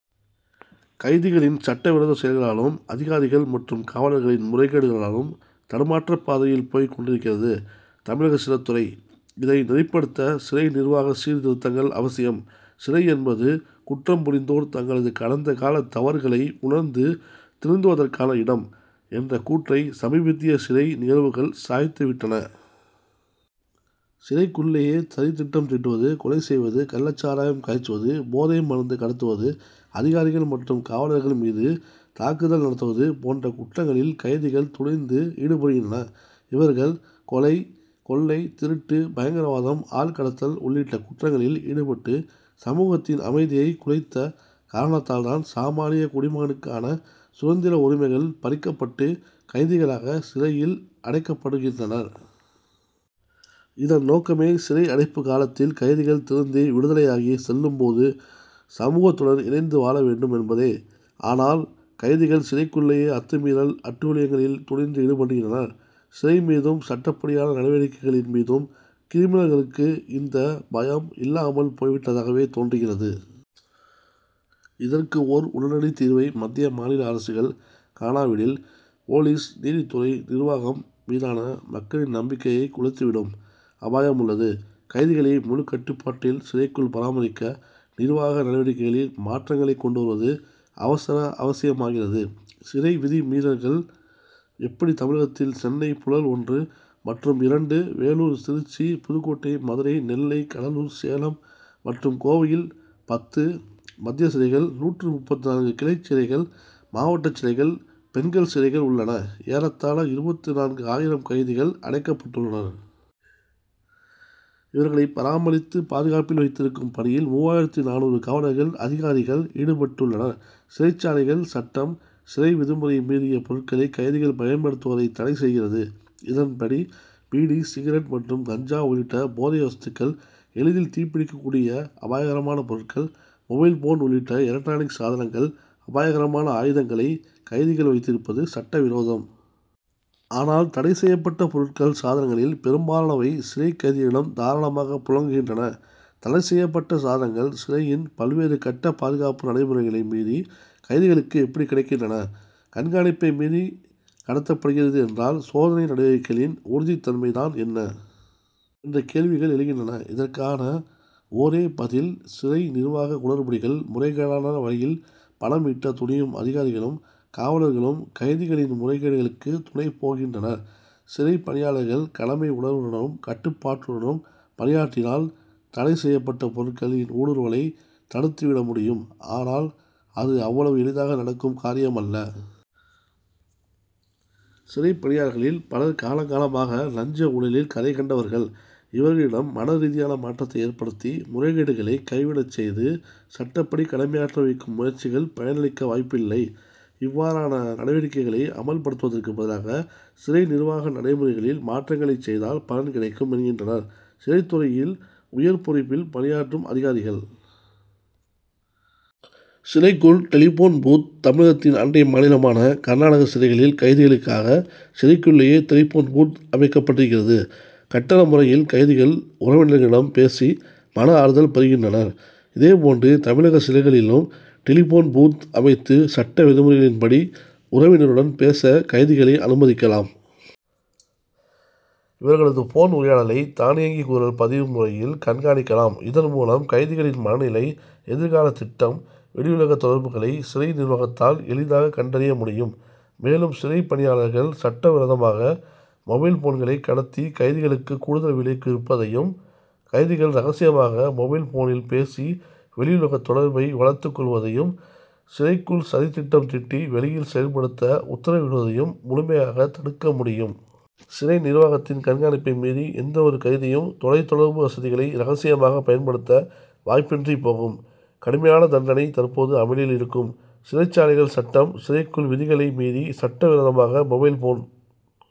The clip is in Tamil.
கைதிகளின் சட்டவிரோத செயல்களாலும், அதிகாரிகள் மற்றும் காவலர்களின் முறைகேடுகளாலும் தடுமாற்றப்பாதையில் போய்க் கொண்டிருக்கிறது, தமிழக சிறைத்துறை. இதை நெறிப்படுத்த, சிறை நிர்வாக சீர்திருத்தங்கள் அவசியம். சிறை என்பது, குற்றம்புரிந்தோர் தங்களது கடந்த கால தவறுகளை உணர்ந்து திருந்துவதற்கான இடம்' என்ற கூற்றை, சமீபத்திய சிறை நிகழ்வுகள் சாய்த்துவிட் டன. சிறைக்குள்ளேயே சதி திட்டம் தீட்டுவது, கொலை செய்வது, கள்ளச்சாராயம் காய்ச்சுவது, போதை மருந்து கடத்துவது, அதிகாரிகள் மற்றும் காவலர்கள் மீது தாக்குதல் நடத்துவது போன்ற குற்றங்களில் கைதிகள் துணிந்து ஈடுபடுகின்றனர். இவர்கள் கொலை, கொள்ளை, திருட்டு, பயங்கரவாதம், ஆள் கடத்தல் உள்ளிட்ட குற்றங்களில் ஈடுபட்டு சமூகத்தின் அமைதியை குலைத்த காரணத்தால்தான், சாமானிய குடிமகனுக்கான சுதந்திர உரிமைகள் பறிக்கப்பட்டு, கைதிகளாக சிறையில் அடைக்கப்படுகின்றனர். இதன் நோக்கமே, சிறை அடைப்பு காலத்தில் கைதிகள் திருந்தி, விடுதலையாகி செல்லும் போது சமூகத்துடன் இணைந்து வாழ வேண்டும் என்பதே. ஆனால், கைதிகள் சிறைக்குள்ளேயே அத்துமீறல், அட்டூழியங்களில் துணிந்து ஈடுபடுகின்றனர். சிறை மீதும், சட்டப்படியான நடவடிக்கைகளின் மீதும் கிரிமினல்களுக்கு இருந்த பயம் இல்லாமல் போய்விட்டதாகவே தோன்றுகிறது. இதற்கு ஓர் உடனடி தீர்வை மத்திய, மாநில அரசுகள் காணாவிடில் போலீஸ், நீதித்துறை, நிர்வாகம் மீதான மக்களின் நம்பிக்கையை குலைத்துவிடும் அபாயமுள்ளது. கைதிகளை முழு கட்டுப்பாட்டில் சிறைக்குள் பராமரிக்க, நிர்வாக நடவடிக்கைகளில் மாற்றங்களை கொண்டுவருவது அவசர அவசியமாகிறது. சிறை விதிமீறல்கள் எப்படி தமிழகத்தில் சென்னை புழல் ஒன்று மற்றும் இரண்டு, வேலூர், திருச்சி, புதுக்கோட்டை, மதுரை, நெல்லை, கடலூர், சேலம் மற்றும் கோவையில் பத்து மத்திய சிறைகள், நூற்று முப்பத்து நான்கு கிளைச்சிறைகள், மாவட்டச்சிறைகள், பெண்கள் சிறைகள் உள்ளன, ஏறத்தாழ இருபத்து நான்கு ஆயிரம் கைதிகள் அடைக்கப்பட்டுள்ளனர். இவர்களை பராமரித்து, பாதுகாப்பில் வைத்திருக்கும் பணியில் மூவாயிரத்து நானூறு காவலர்கள், அதிகாரிகள் ஈடுபட்டுள்ளனர். சிறைச்சாலைகள் சட்டம், சிறைவிதிமுறை மீறிய பொருட்களை கைதிகள் பயன்படுத்துவதை தடை செய்கிறது. இதன்படி பீடி, சிகரெட் மற்றும் கஞ்சா உள்ளிட்ட போதை வஸ்துகள், எளிதில் தீப்பிடிக்கக்கூடிய அபாயகரமான பொருட்கள், மொபைல் போன் உள்ளிட்ட எலக்ட்ரானிக் சாதனங்கள், அபாயகரமான ஆயுதங்களை கைதிகள் வைத்திருப்பது சட்டவிரோதம். ஆனால், தடை செய்யப்பட்ட பொருட்கள், சாதனங்களில் பெரும்பாலானவை சிறை கைதிகளிடம் தாராளமாக புழங்குகின்றன. தடை செய்யப் பட்ட சாதனங்கள், சிறையின் பல்வேறு கட்ட பாதுகாப்பு நடைமுறைகளை மீறி கைதிகளுக்கு எப்படி கிடைக்கின்றன? கண்காணிப்பை மீறி கடத்தப்படுகிறது என்றால், சோதனை நடவடிக்கைகளின் உறுதி தன்மை தான் என்ன? என்ற கேள்விகள் எழுகின்றன. இதற்கான ஒரே பதில், சிறை நிர்வாக குளறுபடிகள். முறைகேடான வழியில் பணம் ஈட்ட துணியும்அதிகாரிகளும், காவலர்களும் கைதிகளின் முறைகேடுகளுக்கு துணை போகின்றனர். சிறை பணியாளர்கள் கடமை உணர்வுடனும், கட்டுப்பாட்டுடனும் பணியாற்றினால், தடை செய்யப்பட்ட பொருட்களின் ஊடுருவலை தடுத்துவிட முடியும், ஆனால், அது அவ்வளவு எளிதாக நடக்கும் காரியமல்ல. சிறை பணியாளர்களில் பலர் காலங்காலமாக லஞ்ச, ஊழலில் கரைகண்டவர்கள். இவர்களிடம் மன ரீதியான மாற்றத்தை ஏற்படுத்தி, முறைகேடுகளை கைவிடச் செய்து, சட்டப்படி கடமையாற்ற வைக்கும் முயற்சிகள் பலனளிக்க வாய்ப்பில்லை. இவ்வாறான நடவடிக்கைகளை அமல்படுத்துவதற்கு பதிலாக, சிறை நிர்வாக நடைமுறைகளில் மாற்றங்களை செய்தால் பலன் கிடைக்கும் என்கின்றனர், சிறைத்துறையில் உயர்பொறுப்பில் பணியாற்றும் அதிகாரிகள். சிறைக்குள் டெலிபோன் பூத் தமிழகத்தின் அண்டை மாநிலமான கர்நாடக சிறைகளில் கைதிகளுக்காக சிறைக்குள்ளேயே டெலிபோன் பூத்' அமைக்கப்பட்டிருக்கிறது. கட்டண முறையில் கைதிகள் உறவினர்களிடம் பேசி, மன ஆறுதல் பெறுகின்றனர். இதே போன்று, தமிழக சிறைகளிலும் டெலிபோன் பூத்' அமைத்து, சட்ட விதிமுறைகளின்படி உறவினருடன் பேச கைதிகளை அனுமதிக்கலாம். இவர்களது போன் உரையாடலை, தானியங்கி குரல் பதிவு முறையில் கண்காணிக்கலாம். இதன் மூலம், கைதிகளின் மனநிலை, எதிர்கால திட்டம், வெளியுலக தொடர்புகளை சிறை நிர்வாகத்தால் எளிதாக கண்டறிய முடியும். மேலும், சிறை பணியாளர்கள் சட்டவிரோதமாக மொபைல் போன்களை கடத்தி கைதிகளுக்கு கூடுதல் விலைக்கு விற்பதையும், கைதிகள் ரகசியமாக மொபைல் போனில் பேசி வெளியுலக தொடர்பை வளர்த்துக் கொள்வதையும், சிறைக்குள் சதித்திட்டம் தீட்டி வெளியில் செயல்படுத்த உத்தரவிடுவதையும், முழுமையாக தடுக்க முடியும். சிறை நிர்வாகத்தின் கண்காணிப்பை மீறி, எந்தவொரு கைதியும் தொலைதொடர்பு வசதிகளை ரகசியமாக பயன்படுத்த வாய்ப்பின்றி போகும். கடுமையான தண்டனை தற்போது அமலில் இருக்கும் சிறைச்சாலைகள் சட்டம்', சிறைக்குள் விதிகளை மீறி சட்டவிரோதமாக மொபைல் போன்